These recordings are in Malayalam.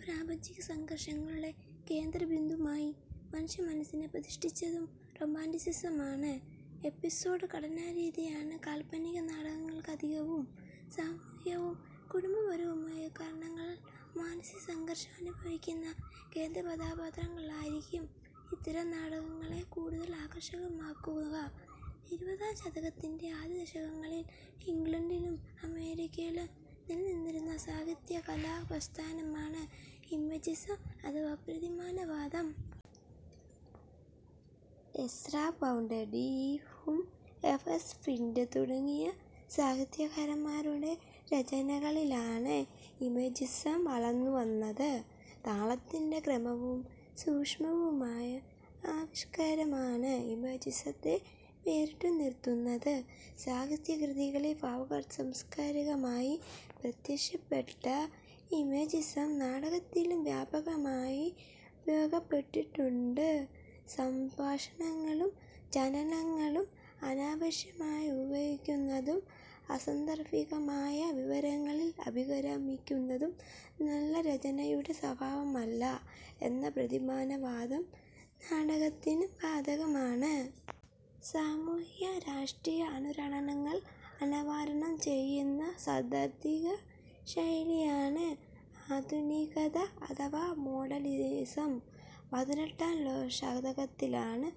പ്രാപഞ്ചിക സംഘർഷങ്ങളുടെ കേന്ദ്രബിന്ദുവായി മനുഷ്യമനസ്സിനെ പ്രതിഷ്ഠിച്ചതും റൊമാൻ്റസിസമാണ്. എപ്പിസോഡ് ഘടനാരീതിയാണ് കാൽപ്പനിക നാടകങ്ങൾക്കധികവും. സാമൂഹികവും കുടുംബപരവുമായ കാരണങ്ങളാൽ മാനസിക സംഘർഷം അനുഭവിക്കുന്ന കേന്ദ്രകഥാപാത്രങ്ങളായിരിക്കും ഇത്തരം നാടകങ്ങളെ കൂടുതൽ ആകർഷകമാക്കുക. ഇരുപതാം ശതകത്തിൻ്റെ ആദ്യദശകങ്ങളിൽ ഇംഗ്ലണ്ടിലും അമേരിക്കയിലും നിലനിന്നിരുന്ന സാഹിത്യ കലാ പ്രസ്ഥാനമാണ് ഇമേജിസം അഥവാ പ്രതിമാനവാദം. Ezra Pound, T E Hulme, F S Flint തുടങ്ങിയ സാഹിത്യകാരന്മാരുടെ രചനകളിലാണ് ഇമേജിസം വളർന്നുവന്നത്. താളത്തിൻ്റെ ക്രമവും സൂക്ഷ്മവുമായ ആവിഷ്കാരമാണ് ഇമേജിസത്തെ വേറിട്ടു നിർത്തുന്നത്. സാഹിത്യ കൃതികളിൽ ഭാവുകത്വസംസ്കാരമായി പ്രത്യക്ഷപ്പെട്ട ഇമേജിസം, നാടകത്തിലും വ്യാപകമായി ഉപയോഗിക്കപ്പെട്ടിട്ടുണ്ട്. സംഭാഷണങ്ങളും ചലനങ്ങളും അനാവശ്യമായി ഉപയോഗിക്കുന്നതും അസാന്ദർഭികമായ വിവരങ്ങളിൽ അഭിരമിക്കുന്നതും നല്ല രചനയുടെ സ്വഭാവമല്ല എന്ന പ്രതിമാനവാദം നാടകത്തിനും ബാധകമാണ്. സാമൂഹിക രാഷ്ട്രീയ അനുരണനങ്ങൾ അനാവരണം ചെയ്യുന്ന സൈദ്ധാന്തിക ശൈലിയാണ് ആധുനികത അഥവാ മോഡേണിസം. പതിനെട്ടാം ശതകത്തിലാണ്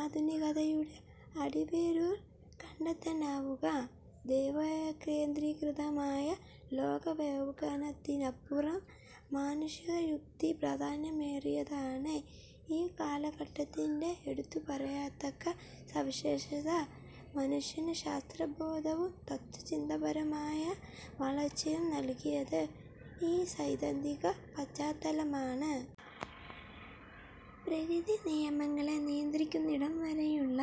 ആധുനികതയുടെ അടിവേരുകൾ കണ്ടെത്താനാവുക. ദൈവകേന്ദ്രീകൃതമായ ലോക വ്യാഖ്യാനത്തിനപ്പുറം മാനുഷിക യുക്തിക്ക് പ്രാധാന്യമേറിയതാണ് ഈ കാലഘട്ടത്തിൻ്റെ എടുത്തുപറയത്തക്ക സവിശേഷത. മനുഷ്യന് ശാസ്ത്രബോധവും തത്ത്വചിന്താപരമായ വളർച്ചയും നൽകിയത് ഈ സൈദ്ധാന്തിക പശ്ചാത്തലമാണ്. പ്രകൃതി നിയമങ്ങളെ നിയന്ത്രിക്കുന്നിടംവരെയുള്ള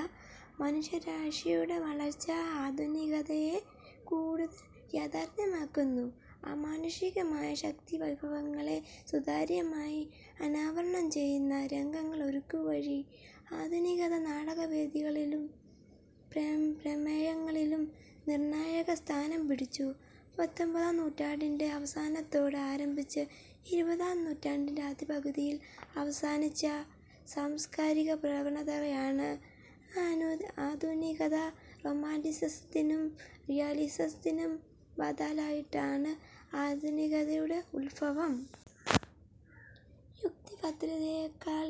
മനുഷ്യരാശിയുടെ വളർച്ച ആധുനികതയെ കൂടുതൽ യാഥാർഥ്യമാക്കുന്നു. അമാനുഷികമായ ശക്തിവൈഭവങ്ങളെ സുതാര്യമായി അനാവരണം ചെയ്യുന്ന രംഗങ്ങൾ ഒരുക്കുകവഴി ആധുനികത നാടകവേദികളിലും പ്രമേയങ്ങളിലും നിർണായക സ്ഥാനം പിടിച്ചു. പത്തൊൻപതാം നൂറ്റാണ്ടിൻ്റെ അവസാനത്തോടെ ആരംഭിച്ച് ഇരുപതാം നൂറ്റാണ്ടിൻ്റെ ആദ്യപകുതിയിൽ അവസാനിച്ച സാംസ്കാരിക പ്രവണതയാണ് ആധുനികത. റൊമാൻ്റിസിസത്തിനും റിയലിസത്തിനും ബദലായിട്ടാണ് ആധുനികതയുടെ ഉദ്ഭവം. യുക്തിഭദ്രതയെക്കാൾ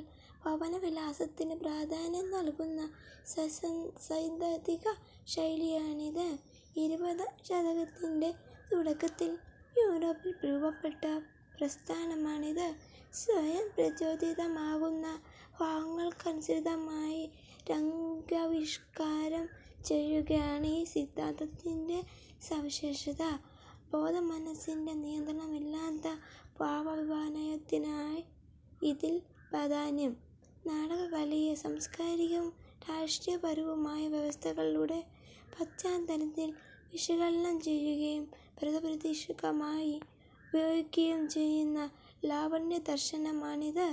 ഭാവനാവിലാസത്തിന് പ്രാധാന്യം നൽകുന്ന സൈദ്ധാന്തിക ശൈലിയാണിത്. ഇരുപതാം ശതകത്തിൻ്റെ തുടക്കത്തിൽ യൂറോപ്പിൽ രൂപപ്പെട്ട പ്രസ്ഥാനമാണിത്. സ്വയം പ്രചോദിതമാകുന്ന ഭാവങ്ങൾക്കനുസൃതമായി രംഗാവിഷ്കാരം ചെയ്യുകയാണ് ഈ സിദ്ധാന്തത്തിൻ്റെ സവിശേഷത. ബോധമനസ്സിൻ്റെ നിയന്ത്രണമില്ലാത്ത ഭാവാഭിനയത്തിനാണ് ഇതിൽ പ്രാധാന്യം. നാടകകലയെ സാംസ്കാരികവും രാഷ്ട്രീയപരവുമായ വ്യവസ്ഥിതികളുടെ പശ്ചാത്തലത്തിൽ വിശകലനം ചെയ്യുകയും പ്രതിരോധപ്രതീകമായി ഉപയോഗിക്കുകയും ചെയ്യുന്ന ലാവണ്യദർശനമാണിത്.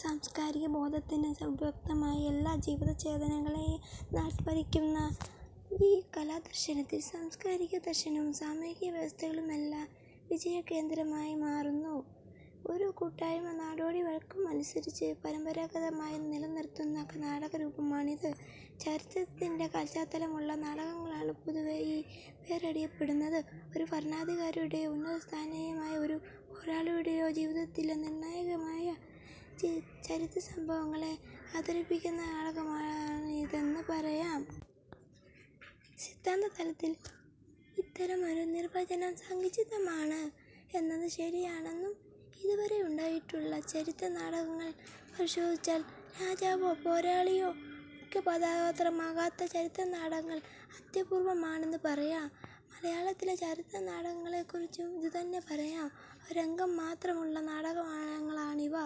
സാംസ്കാരികബോധത്തിന് ഉപയുക്തമായി എല്ലാ ജീവത്ചേതനകളെയും നാട്യവത്കരിക്കുന്ന ഈ കലാദർശനത്തിൽ സംസ്കാരവും ദർശനവും സാമൂഹികവ്യവസ്ഥകളുമെല്ലാം വിഷയകേന്ദ്രമായി മാറുന്നു. ഒരു കൂട്ടായ്മ നാടോടി വഴക്കമനുസരിച്ച് പരമ്പരാഗതമായി നിലനിർത്തുന്ന നാടകരൂപമാണിത്. ചരിത്രത്തിൻ്റെ പശ്ചാത്തലമുള്ള നാടകങ്ങളാണ് പൊതുവേ ഈ പേരിലറിയപ്പെടുന്നത്. ഒരു ഭരണാധികാരിയുടെയോ ഉന്നതസ്ഥാനീയനായ ഒരു പോരാളിയുടെയോ ജീവിതത്തിലെ നിർണായകമായ ചരിത്രസംഭവങ്ങളെ അവതരിപ്പിക്കുന്ന നാടകമാണിതെന്ന് പറയാം. സിദ്ധാന്തതലത്തിൽ ഇത്തരമൊരു നിർവചനം സങ്കുചിതമാണ് എന്നത് ശരിയാണെന്നും ഇതുവരെയുണ്ടായിട്ടുള്ള ചരിത്രനാടകങ്ങൾ പരിശോധിച്ചാൽ രാജാവോ, പോരാളിയോ മുഖ്യകഥാപാത്രമാകാത്ത ചരിത്രനാടകങ്ങൾ അത്യപൂർവമാണെന്ന് പറയാം. മലയാളത്തിലെ ചരിത്രനാടകങ്ങളെക്കുറിച്ചും ഇതുതന്നെ പറയാം. ഒരങ്കം മാത്രമുള്ള നാടകങ്ങളാണിവ.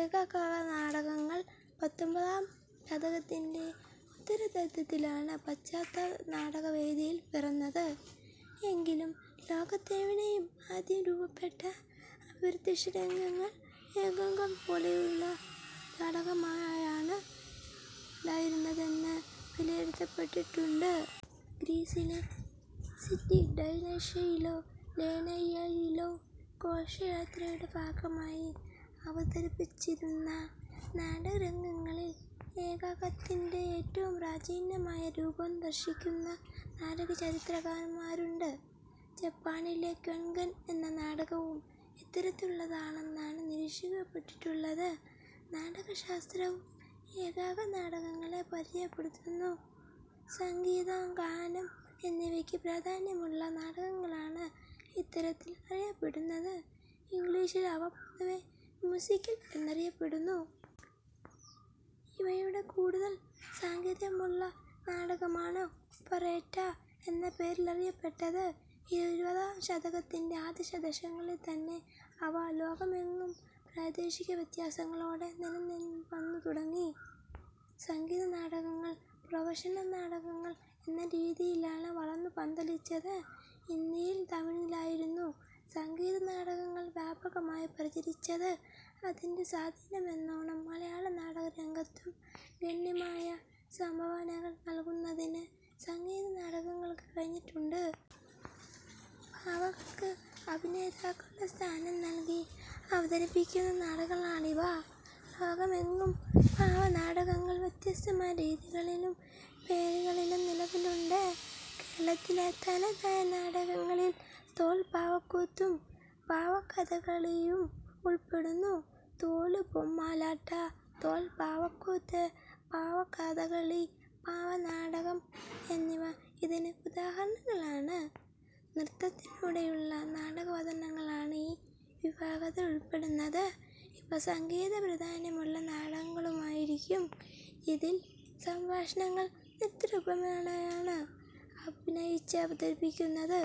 ഏകാങ്കനാടകങ്ങൾ പത്തൊൻപതാം ശതകത്തിൻ്റെ ഉത്തരാർധത്തിലാണ് പാശ്ചാത്യനാടകവേദിയിൽ പിറന്നത്. എങ്കിലും ലോകത്തെവിടെയും ആദ്യം രൂപപ്പെട്ട അഭിനയദൃശ്യരംഗങ്ങൾക്ക് ഏകാങ്കംപോലൊരു ഘടനയാണ് ഉണ്ടായിരുന്നതെന്ന് വിലയിരുത്തപ്പെട്ടിട്ടുണ്ട്. ഗ്രീസിലെ സിറ്റി ഡയ്നീഷ്യായിലോ ലെനേയിയായിലോ ഘോഷയാത്രയുടെ ഭാഗമായി അവതരിപ്പിച്ചിരുന്ന നാട്യരംഗങ്ങളിൽ ഏകാങ്കത്തിൻ്റെ ഏറ്റവും പ്രാചീനമായ രൂപം ദർശിക്കുന്ന നാടകചരിത്രകാരന്മാരുമുണ്ട്. ജപ്പാനിലെ ക്വോഗൻ എന്ന നാടകവും ഇത്തരത്തിലുള്ളതാണെന്നാണ് നിരീക്ഷിക്കപ്പെട്ടിട്ടുള്ളത്. നാട്യശാസ്ത്രവും ഏകാങ്കനാടകങ്ങളെ പരിചയപ്പെടുത്തുന്നു. സംഗീതം, ഗാനം എന്നിവയ്ക്ക് പ്രാധാന്യമുള്ള നാടകങ്ങളാണ് ഇത്തരത്തിൽ അറിയപ്പെടുന്നത്. ഇംഗ്ലീഷിൽ അവ പൊതുവെ മ്യൂസിക്കൽസ് എന്നറിയപ്പെടുന്നു. ഇവയുടെ കൂടുതൽ സാങ്കേതികത്വമുള്ള നാടകമാണ് ഓപറേറ്റ എന്ന പേരിലറിയപ്പെട്ടത്. ഇരുപതാം ശതകത്തിൻ്റെ ആദ്യദശകങ്ങളിൽത്തന്നെ അവ ലോകമെങ്ങും പ്രാദേശിക വ്യത്യാസങ്ങളോടെ നിലവിൽവന്നുതുടങ്ങി. സംഗീതനാടകങ്ങൾ പ്രൊഫഷണൽ നാടകങ്ങൾ എന്ന രീതിയിലാണ് വളർന്നു പന്തലിച്ചത്. ഇന്ത്യയിൽ തമിഴിലായിരുന്നു സംഗീത നാടകങ്ങൾ വ്യാപകമായി പ്രചരിച്ചത്. അതിൻ്റെ സ്വാധീനമെന്നോണം മലയാളനാടകരംഗത്തും ഗണ്യമായ സംഭാവനകൾ നൽകുന്നതിന് സംഗീതനാടകങ്ങൾക്ക് കഴിഞ്ഞിട്ടുണ്ട്. പാവകൾക്ക് അഭിനേതാക്കളുടെ സ്ഥാനം നൽകി അവതരിപ്പിക്കുന്ന നാടകങ്ങളാണിവ. ലോകമെങ്ങും പാവനാടകങ്ങൾ വ്യത്യസ്ത രീതികളിലും പേരുകളിലും നിലവിലുണ്ട്. കേരളത്തിലെ തനതായ പാവനാടകങ്ങളിൽ തോൽപ്പാവക്കൂത്തും പാവക്കഥകളിയും ഉൾപ്പെടുന്നു. തൊലു ബൊമ്മലാട്ട, തോൽപ്പാവക്കൂത്ത്, പാവക്കഥകളി, പാവ നാടകം എന്നിവ ഇതിന് ഉദാഹരണങ്ങളാണ്. നൃത്തത്തിലൂടെയുള്ള നാടകാവതരണങ്ങളാണ് ഈ വിഭാഗത്തിൽപ്പെടുന്നത്. ഇവ സംഗീതപ്രാധാന്യമുള്ള നാടകങ്ങളുമായിരിക്കും. ഇതിൽ സംഭാഷണങ്ങൾ നൃത്തരൂപേണയാണ് അഭിനയിച്ചവതരിപ്പിക്കുന്നത്.